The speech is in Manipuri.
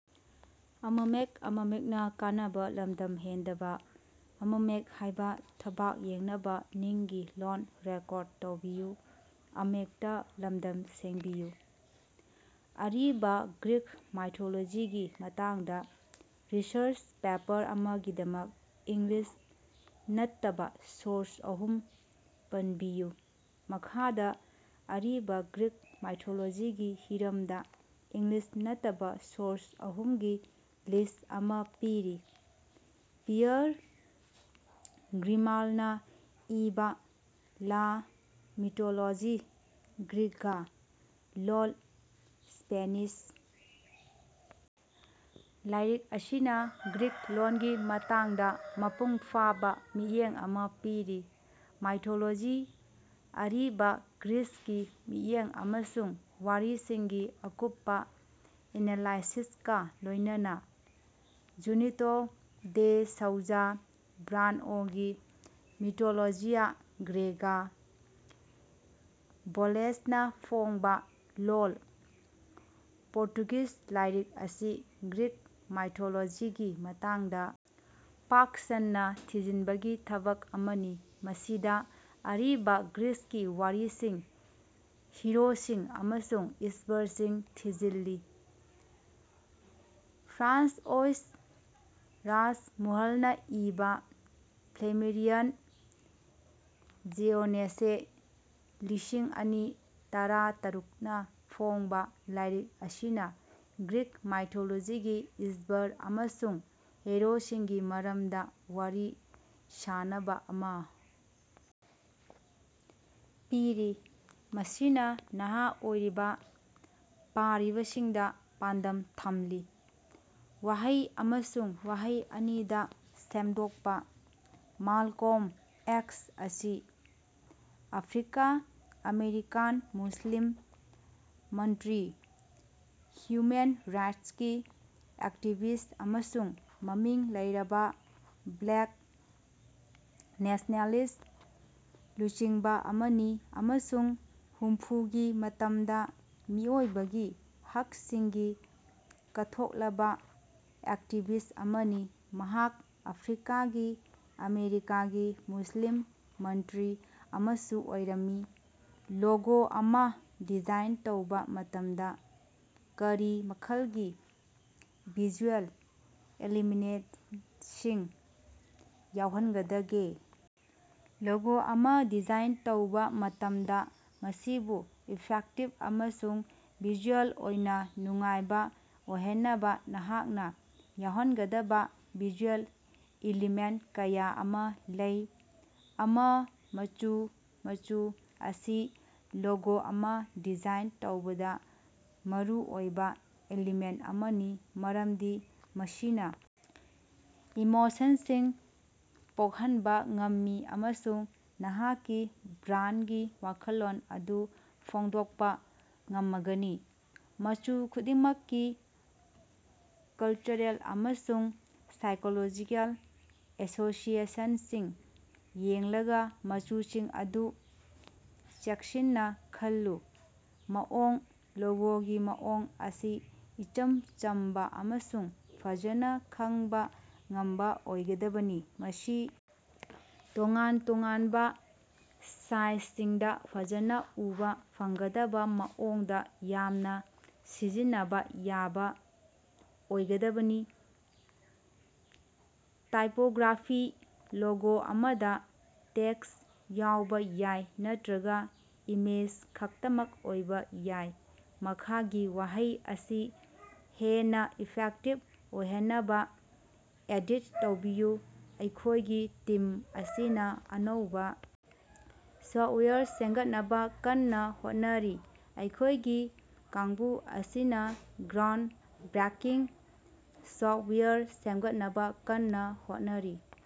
ꯑꯔꯤꯕꯥ ꯒ꯭ꯔꯤꯛ ꯃꯥꯏꯊꯣꯂꯣꯖꯤꯒꯤ ꯃꯇꯥꯡꯗ ꯔꯤꯁꯔꯁ ꯄꯦꯄꯔ ꯑꯃꯒꯤꯗꯃꯛ ꯏꯪꯂꯤꯁ ꯅꯠꯇꯕꯥ ꯁꯣꯔꯁ ꯑꯍꯨꯝ ꯄꯟꯕꯤꯌꯨ꯫ ꯃꯈꯥꯗ ꯑꯔꯤꯕꯥ ꯒ꯭ꯔꯤꯛ ꯃꯥꯏꯊꯣꯂꯣꯖꯤꯒꯤ ꯍꯤꯔꯝꯗꯥ ꯏꯪꯂꯤꯁ ꯅꯠꯇꯕꯥ ꯁꯣꯔꯁ ꯑꯍꯨꯝꯒꯤ ꯂꯤꯁ ꯑꯃ ꯄꯤꯔꯤ: ꯄꯤꯌꯔ ꯒ꯭ꯔꯤꯃꯥꯜꯅꯥ ꯏꯕꯥ "ꯂꯥ ꯃꯤꯇꯣꯂꯣꯖꯤ ꯒ꯭ꯔꯤꯒꯥ" ( ꯂꯣꯜ: ꯁ꯭ꯄꯦꯅꯤꯁ) ꯂꯥꯏꯔꯤꯛ ꯑꯁꯤꯅꯥ ꯒ꯭ꯔꯤꯛ ꯂꯣꯟꯒꯤ ꯃꯇꯥꯡꯗ ꯃꯄꯨꯡꯐꯥꯕ ꯃꯤꯠꯌꯦꯡ ꯑꯃ ꯄꯤꯔꯤ꯫ ꯃꯥꯏꯊꯣꯂꯣꯖꯤ, ꯑꯔꯤꯕꯥ ꯒ꯭ꯔꯤꯁꯀꯤ ꯃꯤꯠꯌꯦꯡ ꯑꯃꯁꯨꯡ ꯋꯥꯔꯤꯁꯤꯡꯒꯤ ꯑꯀꯨꯞꯄꯥ ꯑꯦꯅꯥꯂꯥꯏꯁꯤꯁꯀꯥ ꯂꯣꯏꯅꯅꯥ꯫ ꯖꯨꯅꯤꯇꯣ ꯗꯦ ꯁꯧꯖꯥ ꯕ꯭ꯔꯥꯟꯗꯑꯣꯒꯤ "ꯃꯤꯇꯣꯂꯣꯖꯤꯌꯥ ꯒ꯭ꯔꯦꯒꯥ", (ꯚꯣꯂꯦꯁꯅꯥ ꯐꯣꯡꯕꯥ, ꯂꯣꯜ: ꯄꯣꯔꯇꯨꯒꯤꯖ) ꯂꯥꯏꯔꯤꯛ ꯑꯁꯤ ꯒ꯭ꯔꯤꯛ ꯃꯥꯏꯊꯣꯂꯣꯖꯤꯒꯤ ꯃꯇꯥꯡꯗ ꯄꯥꯛ ꯁꯟꯅꯥ ꯊꯤꯖꯤꯟꯕꯒꯤ ꯊꯕꯛ ꯑꯃꯅꯤ, ꯃꯁꯤꯗꯥ ꯑꯔꯤꯕꯥ ꯒ꯭ꯔꯤꯁꯀꯤ ꯋꯥꯔꯤꯁꯤꯡ, ꯍꯤꯔꯣꯁꯤꯡ ꯑꯃꯁꯨꯡ ꯏꯁ꯭ꯕꯔꯁꯤꯡ ꯊꯤꯖꯤꯜꯂꯤ꯫ ꯐ꯭ꯔꯥꯟꯁꯑꯣꯏꯁ ꯔꯥꯁꯃꯨꯍꯜꯅꯥ ꯏꯕꯥ (ꯐ꯭ꯂꯦꯃꯤꯔꯤꯌꯟ ꯖꯦꯎꯅꯦꯁꯦ, ꯂꯤꯁꯤꯡ ꯑꯅꯤ ꯇꯔꯥꯇꯔꯨꯛꯅꯥ ꯐꯣꯡꯕꯥ) ꯂꯥꯏꯔꯤꯛ ꯑꯁꯤꯅꯥ ꯒ꯭ꯔꯤꯛ ꯃꯥꯏꯊꯣꯂꯣꯖꯤꯒꯤ ꯏꯁ꯭ꯕꯔ ꯑꯃꯁꯨꯡ ꯍꯤꯔꯣꯁꯤꯡꯒꯤ ꯃꯔꯝꯗꯥ ꯋꯥꯔꯤ ꯁꯥꯅꯕꯥ ꯑꯃꯥ ꯄꯤꯔꯤ, ꯃꯁꯤꯅꯥ ꯅꯍꯥ ꯑꯣꯏꯔꯤꯕꯥ ꯄꯥꯔꯤꯕꯁꯤꯡꯗꯥ ꯄꯥꯟꯗꯝ ꯊꯝꯂꯤ꯫ ꯋꯥꯍꯩ ꯑꯃꯁꯨꯡ ꯋꯥꯍꯩ ꯑꯅꯤꯗꯥ ꯁꯦꯝꯗꯣꯛꯄꯥ꯫ ꯃꯥꯜꯀꯣꯝ ꯑꯦꯛꯁ ꯑꯁꯤ ꯑꯐ꯭ꯔꯤꯀꯥ-ꯑꯥꯃꯦꯔꯤꯀꯥꯟ ꯃꯨꯁꯂꯤꯝ ꯃꯟꯇ꯭ꯔꯤ, ꯍ꯭ꯌꯨꯃꯦꯟ ꯔꯥꯏꯠꯁꯀꯤ ꯑꯦꯛꯇꯤꯕꯤꯁ ꯑꯃꯁꯨꯡ ꯃꯃꯤꯡ ꯂꯩꯔꯕꯥ ꯕ꯭ꯂꯦꯛ ꯅꯦꯁ꯭ꯅꯦꯂꯤꯁ꯭ꯠ ꯂꯨꯆꯤꯡꯕꯥ ꯑꯃꯅꯤ ꯑꯃꯁꯨꯡ ꯍꯨꯝꯐꯨꯒꯤ ꯃꯇꯝꯗꯥ ꯃꯤꯑꯣꯏꯕꯒꯤ ꯍꯛꯁꯤꯡꯒꯤ ꯀꯠꯊꯣꯛꯂꯕꯥ ꯑꯦꯛꯇꯤꯕꯤꯁ ꯑꯃꯅꯤ꯫ ꯃꯍꯥꯛ ꯑꯐ꯭ꯔꯤꯀꯥꯒꯤ ꯑꯃꯦꯔꯤꯀꯥꯒꯤ ꯃꯨꯁꯂꯤꯝ ꯃꯟꯇ꯭ꯔꯤ ꯑꯃꯁꯨ ꯑꯣꯏꯔꯝꯃꯤ꯫ ꯂꯣꯒꯣ ꯑꯃ ꯗꯤꯖꯥꯏꯟ ꯇꯧꯕ ꯃꯇꯝꯗꯥ ꯀꯔꯤ ꯃꯈꯜꯒꯤ ꯚꯤꯖꯨꯑꯦꯜ ꯑꯦꯂꯤꯃꯤꯅꯦꯠꯁꯤꯡ ꯌꯥꯎꯍꯟꯒꯗꯒꯦ? ꯂꯣꯒꯣ ꯑꯃ ꯗꯤꯖꯥꯏꯟ ꯇꯧꯕ ꯃꯇꯝꯗꯥ, ꯃꯁꯤꯕꯨ ꯏꯐꯦꯛꯇꯤꯕ ꯑꯃꯁꯨꯡ ꯚꯤꯖꯨꯑꯦꯜ ꯑꯣꯏꯅ ꯅꯨꯡꯉꯥꯏꯕꯥ ꯑꯣꯏꯍꯟꯅꯕꯥ ꯅꯍꯥꯛꯅꯥ ꯌꯥꯎꯍꯟꯒꯗꯕꯥ ꯚꯤꯖꯨꯑꯦꯜ ꯏꯂꯤꯃꯦꯟ ꯀꯌꯥ ꯑꯃꯥ ꯂꯩ: ꯑꯃ. ꯃꯆꯨ: ꯃꯆꯨ ꯑꯁꯤ ꯂꯣꯒꯣ ꯑꯃ ꯗꯤꯖꯥꯏꯟ ꯇꯧꯕꯗꯥ ꯃꯔꯨ ꯑꯣꯏꯕ ꯏꯂꯤꯃꯦꯟ ꯑꯃꯅꯤ ꯃꯔꯝꯗꯤ ꯃꯁꯤꯅ ꯏꯃꯣꯁꯟꯁꯤꯡ ꯄꯣꯛꯍꯟꯕꯥ ꯉꯝꯃꯤ ꯑꯃꯁꯨꯡ ꯅꯍꯥꯛꯀꯤ ꯕ꯭ꯔꯥꯟꯒꯤ ꯋꯥꯈꯜꯂꯣꯟ ꯑꯗꯨ ꯐꯣꯡꯗꯣꯛꯄꯥ ꯉꯝꯃꯒꯅꯤ꯫ ꯃꯆꯨ ꯈꯨꯗꯤꯡꯃꯛꯀꯤ ꯀꯜꯆꯔꯦꯜ ꯑꯃꯁꯨꯡ ꯁꯥꯏꯀꯣꯂꯣꯖꯤꯀꯦꯜ ꯑꯦꯁꯣꯁꯤꯑꯦꯁꯟꯁꯤꯡ ꯌꯦꯡꯂꯒꯥ ꯃꯆꯨꯁꯤꯡ ꯑꯗꯨ ꯆꯦꯛꯁꯤꯟꯅꯥ ꯈꯜꯂꯨ꯫ ꯃꯑꯣꯡ: ꯂꯣꯒꯣꯒꯤ ꯃꯑꯣꯡ ꯑꯁꯤ ꯏꯆꯝ ꯆꯝꯕꯥ ꯑꯃꯁꯨꯡ ꯐꯖꯅꯥ ꯈꯪꯕꯥ ꯉꯝꯕꯥ ꯑꯣꯏꯒꯗꯕꯅꯤ꯫ ꯃꯁꯤ ꯇꯣꯉꯥꯟ-ꯇꯣꯉꯥꯟꯕꯥ ꯁꯥꯏꯖꯁꯤꯡꯗꯥ ꯐꯖꯅꯥ ꯎꯕꯥ ꯐꯪꯒꯗꯕꯥ ꯃꯑꯣꯡꯗꯥ ꯌꯥꯝꯅ ꯁꯤꯖꯤꯟꯅꯕ ꯌꯥꯕ ꯑꯣꯏꯒꯗꯕꯅꯤ꯫ ꯇꯥꯏꯄꯣꯒ꯭ꯔꯥꯐꯤ: ꯂꯣꯒꯣ ꯑꯃꯗꯥ ꯇꯦꯛꯁ ꯌꯥꯎꯕꯥ ꯌꯥꯏ ꯅꯠꯇ꯭ꯔꯒꯥ ꯏꯃꯦꯖ ꯈꯛꯇꯃꯛ ꯑꯣꯏꯕ ꯌꯥꯏ꯫ ꯃꯈꯥꯒꯤ ꯋꯥꯍꯩ ꯑꯁꯤ ꯍꯦꯟꯅꯥ ꯏꯐꯦꯛꯇꯤꯕ ꯑꯣꯏꯍꯟꯅꯕꯥ ꯑꯦꯗꯤꯠ ꯇꯧꯕꯤꯌꯨ: "ꯑꯩꯈꯣꯏꯒꯤ ꯇꯤꯝ ꯑꯁꯤꯅꯥ ꯑꯅꯧꯕꯥ ꯁꯣꯐꯋꯦꯌꯔ ꯁꯦꯝꯒꯠꯅꯕꯥ ꯀꯟꯅꯥ ꯍꯣꯠꯅꯔꯤ꯫" ꯑꯩꯈꯣꯏꯒꯤ ꯀꯥꯡꯕꯨ ꯑꯁꯤꯅꯥ ꯒ꯭ꯔꯥꯎꯟꯕ꯭ꯔꯦꯀꯤꯡ ꯁꯣꯐꯋꯦꯌꯔ ꯁꯦꯝꯒꯠꯅꯕꯥ ꯀꯟꯅꯥ ꯍꯣꯠꯅꯔꯤ꯫